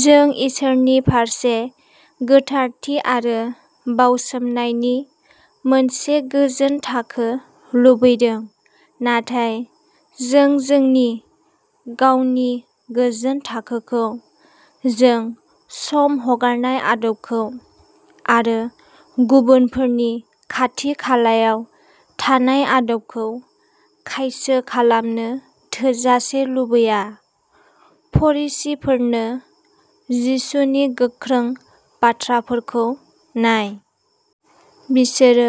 जों इसोरनि फारसे गोथारथि आरो "बाउसोमनाय" नि मोनसे गोजोन थाखो लुबैदों, नाथाय जों जोंनि गावनि गोजोन थाखोखौ, जों सम हगारनाय आदबखौ, आरो गुबुनफोरनि खाथि-खालायाव थानाय आदबखौ खायसो खालामनो थोजासे लुबैया। फरिसीफोरनो जिसुनि गोख्रों बाथ्राफोरखौ नाय। बिसोरो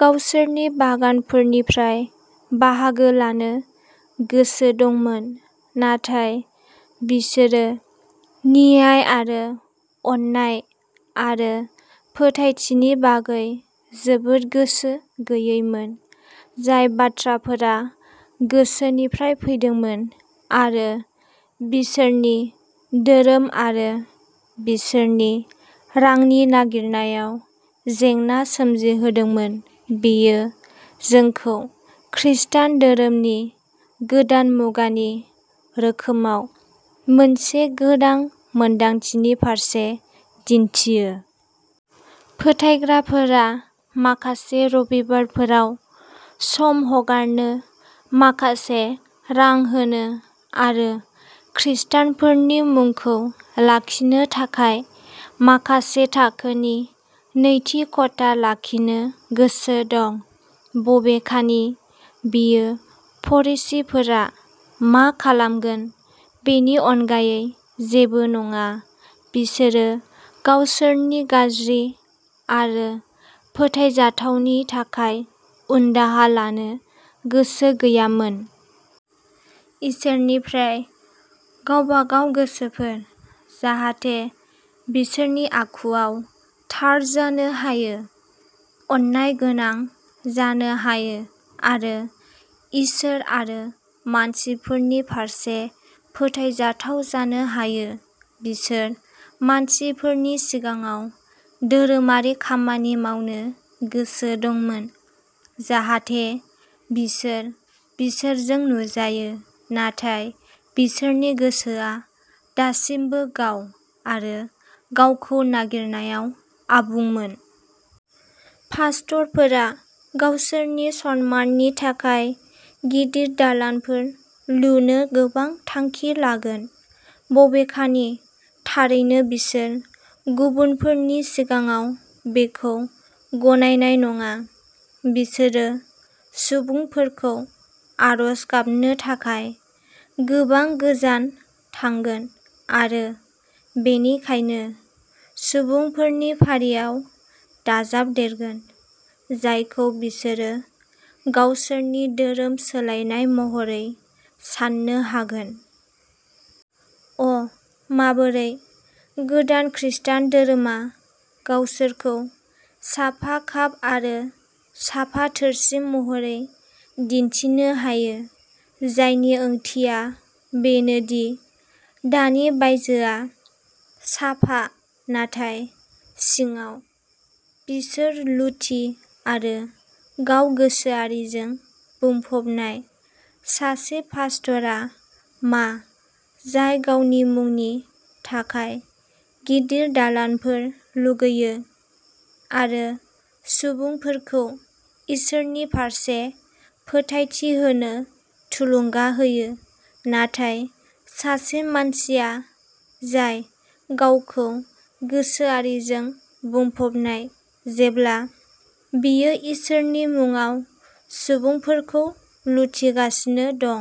गावसोरनि बागानफोरनिफ्राय बाहागो लानो गोसो दंमोन, नाथाय बिसोरो न्याय आरो अननाय आरो फोथायथिनि बागै जोबोद गोसो गैयैमोन, जाय बाथ्राफोरा गोसोनिफ्राय फैदोंमोन आरो बिसोरनि धोरोम आरो बिसोरनि रांनि नागिरनायाव जेंना सोमजिहोदोंमोन। बेयो जोंखौ खृष्टान धोरोमनि गोदान मुगानि रोखोमाव मोनसे गोनां मोनदांथिनि फारसे दिन्थियो। फोथायग्राफोरआ माखासे रबिबारफोराव सम हगारनो, माखासे रां होनो, आरो खृष्टानफोरनि मुंखौ लाखिनो थाखाय माखासे थाखोनि नैतिकता लाखिनो गोसो दं। बबेखानि, बेयो फरिसीफोरा मा खालामगोन बेनि अनगायै जेबो नङा। बिसोरो गावसोरनि गाज्रि आरो फोथायजाथावनि थाखाय उनदाहा लानो गोसो गैयामोन। इसोरनिफ्राय गावबागाव गोसोफोर जाहाथे बिसोरनि आखुआव थार जानो हायो, अननायगोनां जानो हायो, आरो इसोर आरो मानसिफोरनि फारसे फोथायजाथाव जानो हायो। बिसोर मानसिफोरनि सिगाङाव धोरोमारि खामानि मावनो गोसो दंमोन जाहाथे बिसोर बिसोरजों नुजायो, नाथाय बिसोरनि गोसोआ दासिमबो गाव आरो गावखौ नागिरनायाव आबुंमोन। पास्टरफोरा गावसोरनि सन्माननि थाखाय गिदिर दालानफोर लुनो गोबां थांखि लागोन, बबेखानि थारैनो बिसोर गुबुनफोरनि सिगाङाव बेखौ गनायनाय नङा। बिसोरो सुबुंफोरखौ आरज गाबनो थाखाय गोबां गोजान थांगोन आरो बेनिखायनो सुबुंफोरनि फारियाव दाजाबदेरगोन जायखौ बिसोरो गावसोरनि धोरोम सोलायनाय महरै साननो हागोन। अ'माबोरै गोदान खृस्टान धोरोमा गावसोरखौ साफा काप आरो साफा थोरसि महरै दिन्थिनो हायो, जायनि ओंथिया बेनो दि दानि बायजोआ साफा, नाथाय सिङाव बिसोर लुथि आरो गाव-गोसोआरिजों बुंफबनाय। सासे पास्टरआ मा जाय गावनि मुंनि थाखाय गिदिर दालानफोर लुगैयो आरो सुबुंफोरखौ इसोरनि फारसे फोथायथि होनो थुलुंगा होयो, नाथाय सासे मानसिया जाय गावखौ-गोसोआरिजों बुंफबनाय जेब्ला बियो इसोरनि मुङाव सुबुंफोरखौ लुथिगासिनो दं?